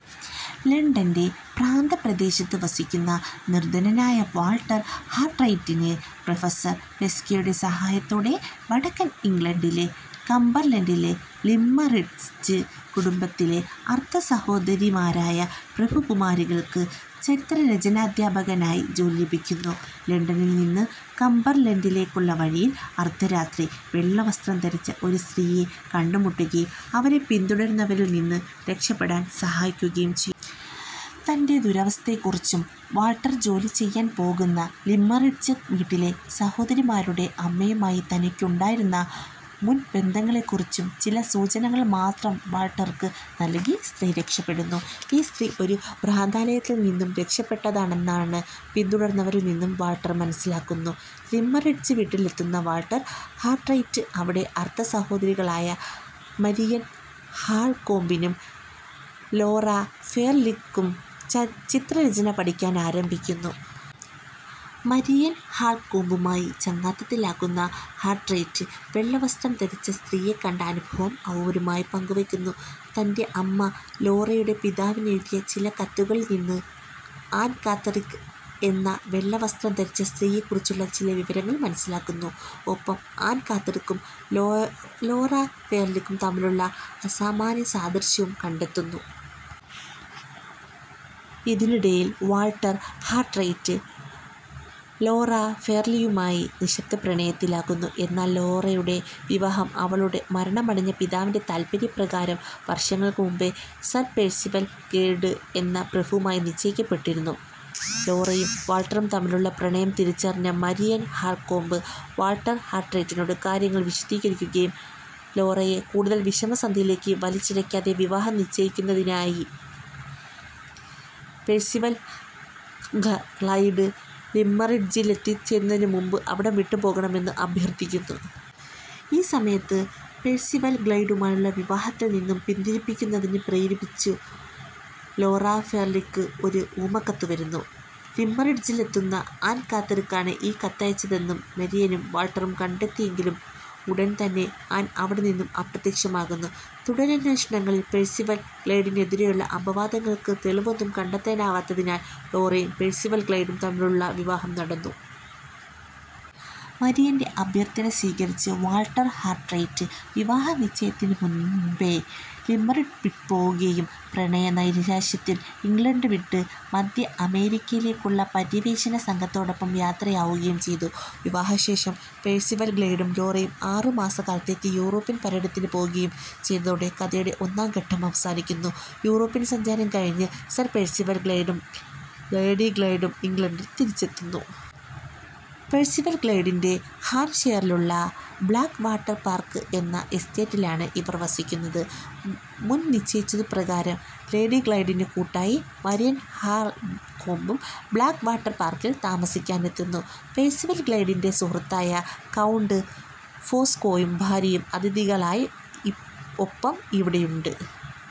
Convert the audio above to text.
ലണ്ടന്റെ പ്രാന്തപ്രദേശത്ത് വസിക്കുന്ന നിർധനനായ Walter ഹാർട്രൈറ്റിന്, professor പെസ്കയുടെ സഹായത്തോടെ വടക്കൻ ഇംഗ്ലണ്ടിലെ കംബർലൻഡിലെ ലിമ്മറിഡ്ജ് കുടുംബത്തിലെ അർദ്ധസഹോദരിമാരായ പ്രഭുകുമാരികൾക്ക് ചിത്രരചനാദ്ധ്യാപകനായി ജോലി ലഭിക്കുന്നു. ലണ്ടനിൽ നിന്ന് കംബർലൻഡിലേക്കുള്ള വഴിയിൽ അർദ്ധരാത്രി, വെള്ളവസ്ത്രം ധരിച്ച ഒരു സ്ത്രീയെ കണ്ടുമുട്ടുകയും, അവരെ പിന്തുടരുന്നവരിൽ നിന്നും രക്ഷപ്പെടാൻ സഹായിക്കുകയും ചെയ്യുന്നു. തന്റെ ദുരവസ്ഥയെക്കുറിച്ചും, വാൾട്ടർ ജോലി ചെയ്യാൻ പോകുന്ന ലിമ്മറിഡ്ജ് വീട്ടിലെ സഹോദരിമാരുടെ അമ്മയുമായി തനിക്കുണ്ടായിരുന്ന മുൻബന്ധങ്ങളെക്കുറിച്ചും ചില സൂചനകൾ മാത്രം വാൾട്ടർക്ക് നൽകി സ്ത്രീ രക്ഷപ്പെടുന്നു. ഈ സ്ത്രീ ഒരു ഭ്രാന്താലയത്തിൽ നിന്നും രക്ഷപ്പെട്ടതാണെന്ന് പിന്തുടർന്നവരിൽ നിന്നും വാൾട്ടർ മനസ്സിലാക്കുന്നു. ലിമ്മറിഡ്ജ് വീട്ടിലെത്തുന്ന വാൾട്ടർ ഹാർട്രൈറ്റ് അവിടെ അർദ്ധസഹോദരികളായ മരിയൻ ഹാൾകോമ്പിനും ലോറ ഫെയർലിക്കും ചിത്രരചന പഠിപ്പിക്കാനാരംഭിക്കുന്നു. മരിയൻ ഹാൾകോമ്പുമായി ചങ്ങാത്തത്തിലാകുന്ന ഹാർട്രൈറ്റ്, വെള്ളവസ്ത്രം ധരിച്ച സ്ത്രീയെക്കണ്ട അനുഭവം അവരുമായി പങ്കുവെക്കുന്നു. തന്റെ അമ്മ, ലോറയുടെ പിതാവിനെഴുതിയ ചില കത്തുകളിൽ നിന്ന് ആൻ കാത്തറിക്ക് എന്ന വെള്ളവസ്ത്രം ധരിച്ച സ്ത്രീയെക്കുറിച്ചുള്ള ചില വിവരങ്ങൾ മനസ്സിലാക്കുന്നു. ഒപ്പം ആൻ കാത്തറിക്കും ലോറ ഫെയർലിയും തമ്മിലുള്ള അസാമാന്യസാദൃശ്യവും കണ്ടെത്തുന്നു. ഇതിനിടയിൽ വാൾട്ടർ ഹാർട്രൈറ്റ്, ലോറ ഫെയർലിയുമായി നിശ്ശബ്ദപ്രണയത്തിലാകുന്നു. എന്നാൽ ലോറയുടെ വിവാഹം അവളുടെ മരണമടഞ്ഞ പിതാവിന്റെ താല്പര്യപ്രകാരം വർഷങ്ങൾക്കു മുൻപേ സർ പെഴ്സിവൽ ഗ്ലൈഡ് എന്ന പ്രഭുവുമായി നിശ്ചയിക്കപ്പെട്ടിരുന്നു. ലോറയും വാൾട്ടറും തമ്മിലുള്ള പ്രണയം തിരിച്ചറിഞ്ഞ മരിയൻ ഹാൾകോമ്പ്, വാൾട്ടർ ഹാർട്രൈറ്റിനോട് കാര്യങ്ങൾ വിശദീകരിക്കുകയും ലോറയെ കൂടുതൽ വിഷമസന്ധിയിലേക്ക് വലിച്ചിഴക്കാതെ, വിവാഹം നിശ്ചയിക്കുന്നതിനായി പെഴ്സിവൽ ഗ്ലൈഡ് ലിമ്മറിഡ്ജിലെത്തുന്നതിനുമുൻപ് അവിടം വിട്ടുപോകണമെന്നും അഭ്യർത്ഥിക്കുന്നു. ഈ സമയത്ത് പെഴ്സിവൽ ഗ്ലൈഡുമായുള്ള വിവാഹത്തിൽ നിന്നും പിന്തിരിപ്പിക്കുന്നതിന് പ്രേരിപ്പിച്ച് ലോറ ഫെയർലിക്ക് ഒരു ഊമക്കത്ത് വരുന്നു. ലിമ്മറിഡ്ജിലെത്തിയ ആൻ കാത്തറിക്കാണ് ഈ കത്തയച്ചതെന്ന് മരിയനും വാൾട്ടറും കണ്ടെത്തിയെങ്കിലും, ഉടൻ തന്നെ ആൻ അവിടെ നിന്നും അപ്രത്യക്ഷമാകുന്നു. തുടരന്വേഷണങ്ങളിൽ പെഴ്സിവൽ ഗ്ലൈഡിനെതിരെയുള്ള അപവാദങ്ങൾക്ക് തെളിവൊന്നും കണ്ടെത്താനാവത്തതിനാൽ ലോറയും പെഴ്സിവൽ ഗ്ലൈഡും തമ്മിലുള്ള വിവാഹം നടന്നു. മരിയന്റെ അഭ്യർത്ഥന സ്വീകരിച്ച് വാൾട്ടർ ഹാർട്രൈറ്റ്, വിവാഹനിശ്ചയത്തിനു മുൻപേ ലിമ്മറിഡ് വിട്ടുപോകുകയും പ്രണയനൈരാശ്യത്തിൽ ഇംഗ്ലണ്ട് വിട്ട് മദ്ധ്യ അമേരിക്കയിലേക്കുള്ള പര്യവേഷണ സംഘത്തോടൊപ്പം യാത്രയാകുകയും ചെയ്തു. വിവാഹശേഷം പെഴ്സിവൽ ഗ്ലൈഡും ലോറയും ആറു മാസക്കാലത്തേക്ക് യൂറോപ്യൻ പര്യടനത്തിനു പോകുകയും ചെയ്യുന്നതോടെ കഥയുടെ ഒന്നാം ഘട്ടം അവസാനിക്കുന്നു. യൂറോപ്യൻ സഞ്ചാരം കഴിഞ്ഞ് സർ പെഴ്സിവൽ ഗ്ലൈഡും ലേഡി ഗ്ലൈഡും ഇംഗ്ലണ്ടിൽ തിരിച്ചെത്തുന്നു. പെഴ്സിവൽ ഗ്ലൈഡിന്റെ ഹാംഷയറിലുള്ള ബ്ലാക്ക് വാട്ടർ പാർക്ക് എന്ന എസ്റ്റേറ്റിലാണ് ഇവർ വസിക്കുന്നത്. മുൻ നിശ്ചയിച്ചതു പ്രകാരം ലേഡി ഗ്ലൈഡിന് കൂട്ടായി മരിയൻ ഹാൾകോമ്പും ബ്ലാക്ക് വാട്ടർ പാർക്കിൽ താമസിക്കാനെത്തുന്നു. പെഴ്സിവൽ ഗ്ലൈഡിന്റെ സുഹൃത്തായ കൗണ്ട് ഫോസ്കോയും ഭാര്യയും അതിഥികളായി ഒപ്പം ഇവിടെയുണ്ട്.